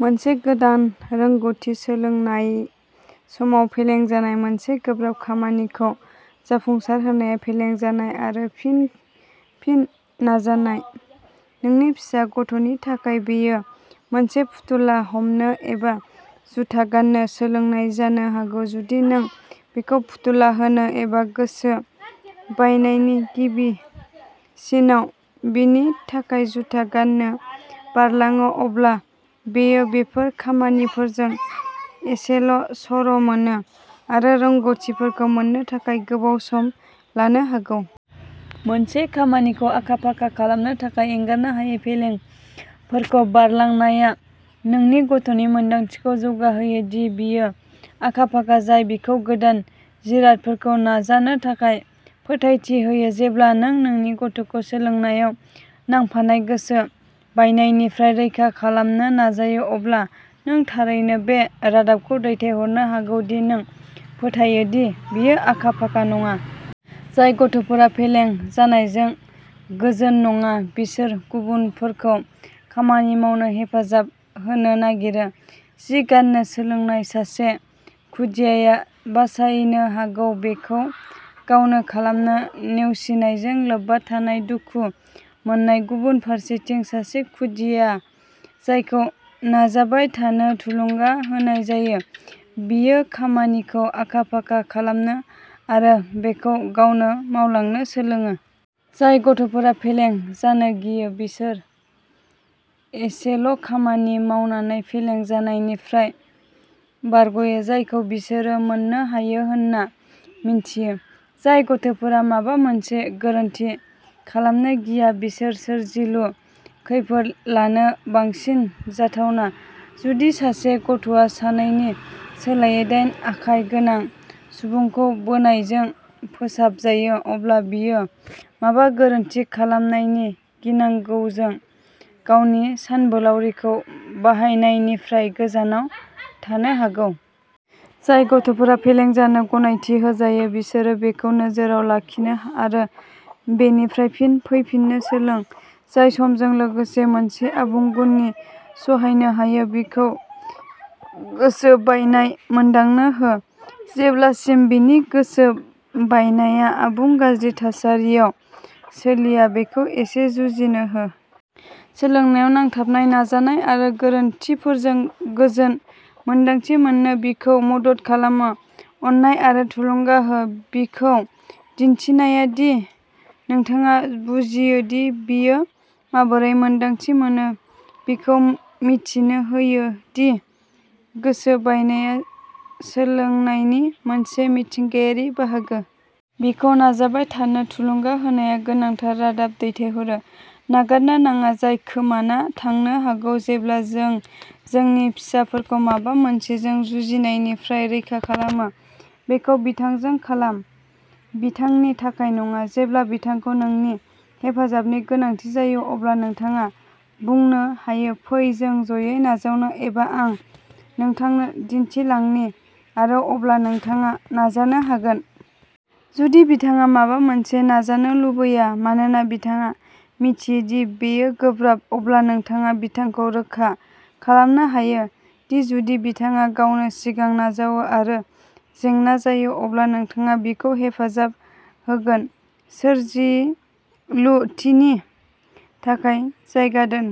मोनसे गोदान रोंग'थि सोलोंनाय समाव फेलें जानाय। मोनसे गोब्राब खामानिखौ जाफुंसारहोनाया फेलें जानाय आरो फिन-फिन नाजानाय। नोंनि फिसा गथ'नि थाखाय, बेयो मोनसे फुथुला हमनो एबा जुथा गान्नो सोलोंनाय जानो हागौ। जुदि नों बिखौ फुथुला होनो एबा गोसो बायनायनि गिबि सिनआव बिनि थाखाय जुता गान्नो बारलाङो, अब्ला बियो बेफोर खामानिफोरजों एसेल'सर'मोनो आरो रोंग'थिफोरखौ मोन्नो थाखाय गोबाव सम लानो हागौ। मोनसे खामानिखौ आखा-फाखा खालामनो थाखाय एंगारनो हायै फेलेंफोरखौ बारलांनाया नोंनि गथ'नि मोनदांथिखौ जौगाहोयो दि बियो आखा-फाखा, जाय बिखौ गोदान जिरादफोरखौ नाजानो थाखाय फोथायथि होयो। जेब्ला नों नोंनि गथ'खौ सोलोंनायाव नांफानाय गोसो बायनायनिफ्राय रैखा खालामनो नाजायो, अब्ला नों थारैनो बे रादाबखौ दैथायहरनो हागौ दि नों फोथायो दि बियो आखा-फाखा नङा। जाय गथ'फोरा फेलें जानायजों गोजोन नङा, बिसोर गुबुनफोरखौ खामानि मावनो हेफाजाब होनो नागिरो। जि गान्नो सोलोंनाय सासे खुदियाया बासायनो हागौ। बेखौ गावनो खालामनो नेवसिनायजों लोब्बा थानाय दुखु मोननाय। गुबुन फारसेथिं, सासे खुदिया जायखौ नाजाबाय थानो थुलुंगा होनाय जायो, बियो खामानिखौ आखा-फाखा खालामनो आरो बेखौ गावनो मावलांनो सोलोङो। जाय गथ'फोरा फेलें जानो गियो, बिसोर एसेल'खामानि मावनानै फेलें जानायनिफ्राय बारग'यो, जायखौ बिसोरो मोननो हायो होन्ना मिन्थियो। जाय गथ'फोरा माबा मोनसे "गोरोन्थि" खालामनो गिया, बिसोर सोरजिलु खैफोद लानो बांसिन जाथावना। जुदि सासे गथ'आ सानैनि सोलायै दाइन आखाइ गोनां सुबुंखौ बोनायजों फोसाबजायो, अब्ला बियो माबा गोरोन्थि खालामनायनि गिनांगौजों गावनि सानबोलावरिखौ बाहायनायनिफ्राय गोजानाव थानो हागौ। जाय गथ'फोरा फेलें जानो गनायथि होजायो, बिसोरो बेखौ नोजोरआव लाखिनो आरो बेनिफ्राय फिन फैफिननो सोलों, जाय समजों लोगोसे मोनसे आबुं गुननि सहायनो हायो। बिखौ गोसो बायनाय मोनदांनो हो। जेब्लासिम बिनि गोसो बायनाया आबुं गाज्रि थासारियाव सोलिया, बिखौ एसे जुजिनो हो। सोलोंनायाव नांथाबनाय नाजानाय आरो गोरोन्थिफोरजों गोजोन मोन्दांथि मोननो बिखौ मदद खालामो। अननाय आरो थुलुंगा हो। बिखौ दिन्थिनाया दि नोंथाङा बुजियो दि बियो माबोरै मोन्दांथि मोनो, बिखौ मिथिनो होयो दि गोसो बायनाया सोलोंनायनि मोनसे मिथिंगायारि बाहागो। बिखौ नाजाबाय थानो थुलुंगा होनाया गोनांथार रादाब दैथायहरो, नागारनो नाङा, जाय खोमाना थांनो हागौ जेब्ला जों जोंनि फिसाफोरखौ माबा मोनसेजों जुजिनायनिफ्राय रैखा खालामो। बेखौ बिथांजों खालाम, बिथांनि थाखाय नङा। जेब्ला बिथांखौ नोंनि हेफाजाबनि गोनांथि जायो, अब्ला नोंथाङा बुंनो हायो "फै जों जयै नाजावनो" एबा "आं नोंथांनो दिन्थिलांनि आरो अब्ला नोंथाङा नाजानो हागोन"। जुदि बिथाङा माबा मोनसे नाजानो लुबैया मानोना बिथाङा मिथियो दि बेयो गोब्राब, अब्ला नोंथाङा बिथांखौ रोखा खालामनो हायो दि जुदि बिथाङा गावनो सिगां नाजावो आरो जेंना जायो, अब्ला नोंथाङा बिखौ हेफाजाब होगोन। सोरजिलुथिनि थाखाय जायगा दोन।